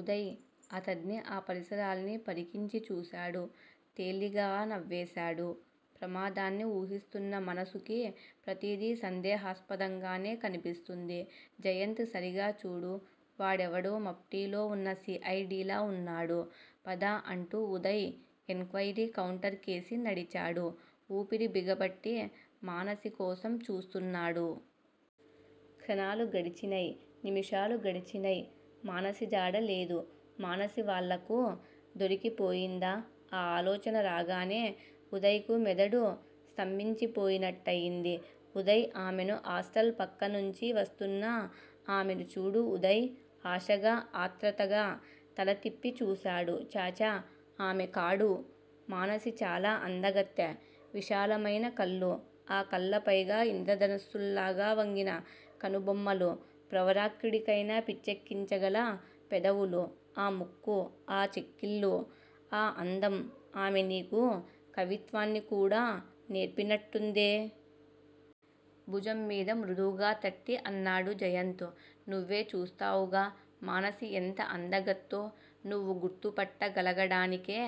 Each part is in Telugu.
ఉదయ్, అతడ్నీ ఆ పరిసరాల్ని పరికించిచూశాడు. తేలిగానవ్వేశాడు. ప్రమాదాన్ని ఊహిస్తున్న మనసుకు ప్రతిదీ సందేహస్పదంగానే కన్పిస్తుంది. జయంత్! సరిగా చూడు. వాడెవడో మాప్టీలో వున్న సి. ఐ. డిలా వున్నాడు. పద! అంటూ ఉదయ్ ఎన్ క్వయిరీ కౌంటర్ కేసి నడిచాడు. ఊపిరి బిగపట్టి మానసికోసం చూస్తున్నాడు. క్షణాలు గడిచినై. నిముషాలు గడిచినై. మానసి జాడ లేదు, మానసి వాళ్ళకు దొరికిపోయిందా? ఆ ఆలోచన రాగానే ఉదయ్ కు మెదడు స్తంభించిపోయినట్టయింది. ఉదయ్! ఆమెను ఆస్టాల్ పక్కనుంచి వస్తున్నా ఆమెను చూడు ఉదయ్ ఆశగా, ఆతృతగా తలతిప్పి చూశాడు. ఛఛ ఆమె కాడు. మానసి చాలా అందగత్తె విశాలమైనకళ్ళు__ఆ కళ్ళపైగా ఇంద్రధనుసుళ్ళా వంగిన కనుబొమ్మలు__ప్రవరాఖ్యుడికైనాపిచ్చెక్కించగల పెదవులూ___ఆ ముక్కూ___ఆ చెక్కిళ్ళూ___ఆ అందం___ ఆమె నీకు కవిత్వాన్ని కూడా నేర్పినట్టుందే! భుజంమీద మృదువుగా తట్టి అన్నాడు జయంత్. నువ్వే చూస్తావుగా మానసి ఎంత అందగత్తో? నువ్వు గుర్తుపట్ట గలగడానికే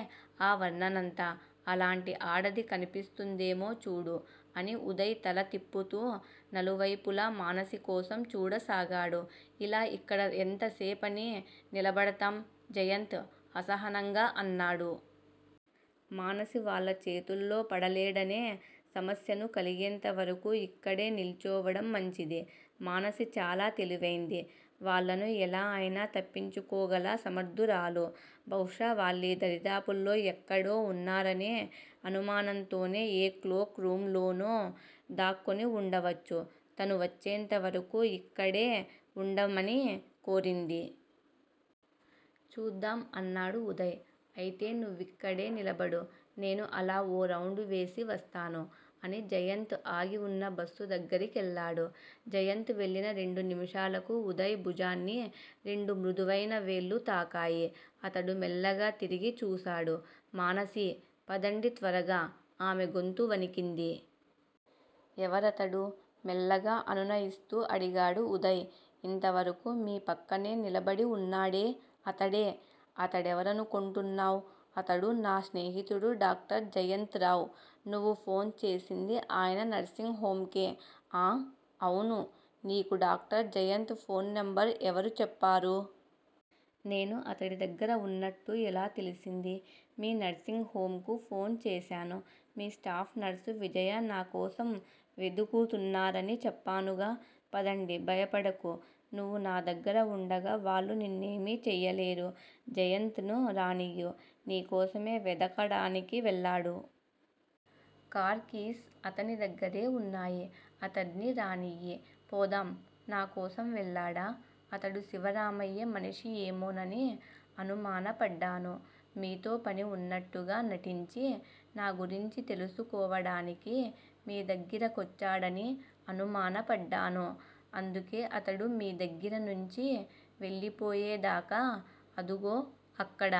ఆ వర్ణనంతా. అలాంటి ఆడది కన్పిస్తుందేమో చూడు అని ఉదయ్ తల తిప్పుతూ నలువైపులా మానసికోసం చూడసాగాడు. ఇలా ఇక్కడ ఎంతసేపని నిలబడతాం? జయంత్ అసహనంగా అన్నాడు. మానసి వాళ్ళ చేతుల్లో పడలేడనే సమస్యను కలిగేంతవరకు ఇక్కడే నిల్చోవడం మంచిది. మానసి చాలా తెలివైంది. వాళ్ళను ఎలా అయినా తప్పించుకోగల సమర్ధురాలు బహుశా వాళ్ళీదరిదాపుల్లో ఎక్కడో ఉన్నారనే అనుమానంతోనే, ఏ క్లోక్ రూం లోనో దాక్కుని వుండవచ్చు తను వచ్చేంతవరకు ఇక్కడే వుండమని కోరింది. చూద్దాం! అన్నాడు ఉదయ్. అయితే నువ్విక్కడే నిలబడు. నేను అలా ఓ రౌండువేసి వస్తాను అని జయంత్ ఆగివున్న బస్సు దగ్గిరకెళ్ళాడు. జయంత్ వెళ్ళిన రెండునిముషాలకు ఉదయ్ భుజాన్ని రెండుమృదువైన వేళ్ళు తాకాయి. అతడు మెల్లగా తిరిగి చూశాడు. మానసీ! పదండి! త్వరగా! ఆమె గొంతు వణికింది. ఎవరతడు? మెల్లగా అనునయిస్తూ అడిగాడు ఉదయ్. ఇంతవరకూ మీ పక్కనే నిలబడివున్నాడే అతడే! అతడెవరనుకోంటున్నావ్? అతడు నా స్నేహితుడు డాక్టర్ జయంత్ రావు. నువ్వు ఫోన్ చేసింది ఆయన నర్సింగ్ హొమ్ కే. ఆఁ! అవును! నీకు డాక్టర్ జయంత్ ఫోన్ నంబరు ఎవరు చెప్పారు? నేను అతడి దగ్గర ఉన్నట్టు ఎలా తెలిసింది? మీ నర్సింగ్ హొమ్ కు ఫోన్ చేశాను. మీ స్టాఫ్ నర్స్ విజయ నాకోసం వెదుకుతున్నారని చెప్పానుగా? పదండి. భయపడకు నువ్వు నాదగ్గర వుండగా వాళ్ళు నిన్నేమీ చెయ్యలేరు. జయంత్ ను రానియ్. నీ కోసమే వెదకడానికి వెళ్ళాడు. కారు కీస్ అతని దగ్గిరే వున్నాయి. అతడ్ని రానియ్యి పోదాం. నా కోసం వెళ్ళాడా? అతడు శివరామయ్య మనిషి ఏమోనని అనుమనపడ్డాను. మీతో పని వున్నట్టుగా నటించి, నా గురించి తెలుసుకోవడానికి, మీ దగ్గిరకొచ్చాడని అనుమానపడ్డాను. అందుకే అతడు మీ దగ్గిరనుంచి వెళ్ళిపోయేదాకా, అదుగో అక్కడ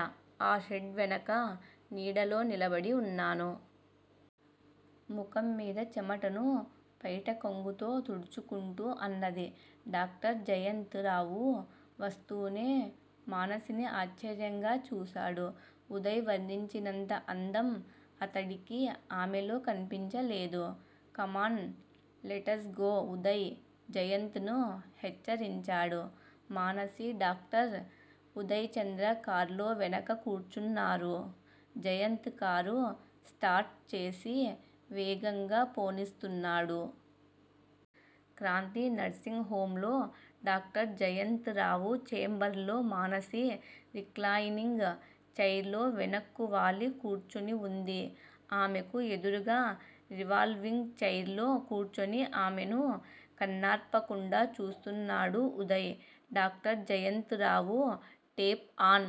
ఆ షెడ్డువెనక నీడలో నిలబడివున్నాను. ముఖంమీది చెమటను పైటకొంగుతో తుడుచుకుంటూ అన్నది. డాక్టర్ జయంత్ రావు వస్తూనే మానసిని ఆశ్చర్యంగా చూశాడు. ఉదయ్ వర్ణించినంత అందం అతడికి ఆమెలో కన్పించలేదు. కమాన్__లెటజ్ గో ఉదయ్ జయంత్ ను హెచ్చరించాడు. మానసీ, డాక్టర్ ఉదయచంద్ర కార్లో వెనక కూర్చున్నారు. జయంత్ కారు స్టార్ట్ చేసి వేగంగా పోనిస్తున్నాడు. క్రాంతి నర్సింగ్ హొమ్ లో డాక్టర్ జయంత్ రావు చేంబర్లో మానసి రిక్లాయినింగ్ చైర్లో వెనక్కువాలి కూర్చునివుంది. ఆమెకు ఎదురుగా రివాల్వింగ్ చైర్లో కూర్చుని ఆమెను కన్నార్పకుండా చూస్తున్నాడు Uday. Doctor Jayant Rao tape on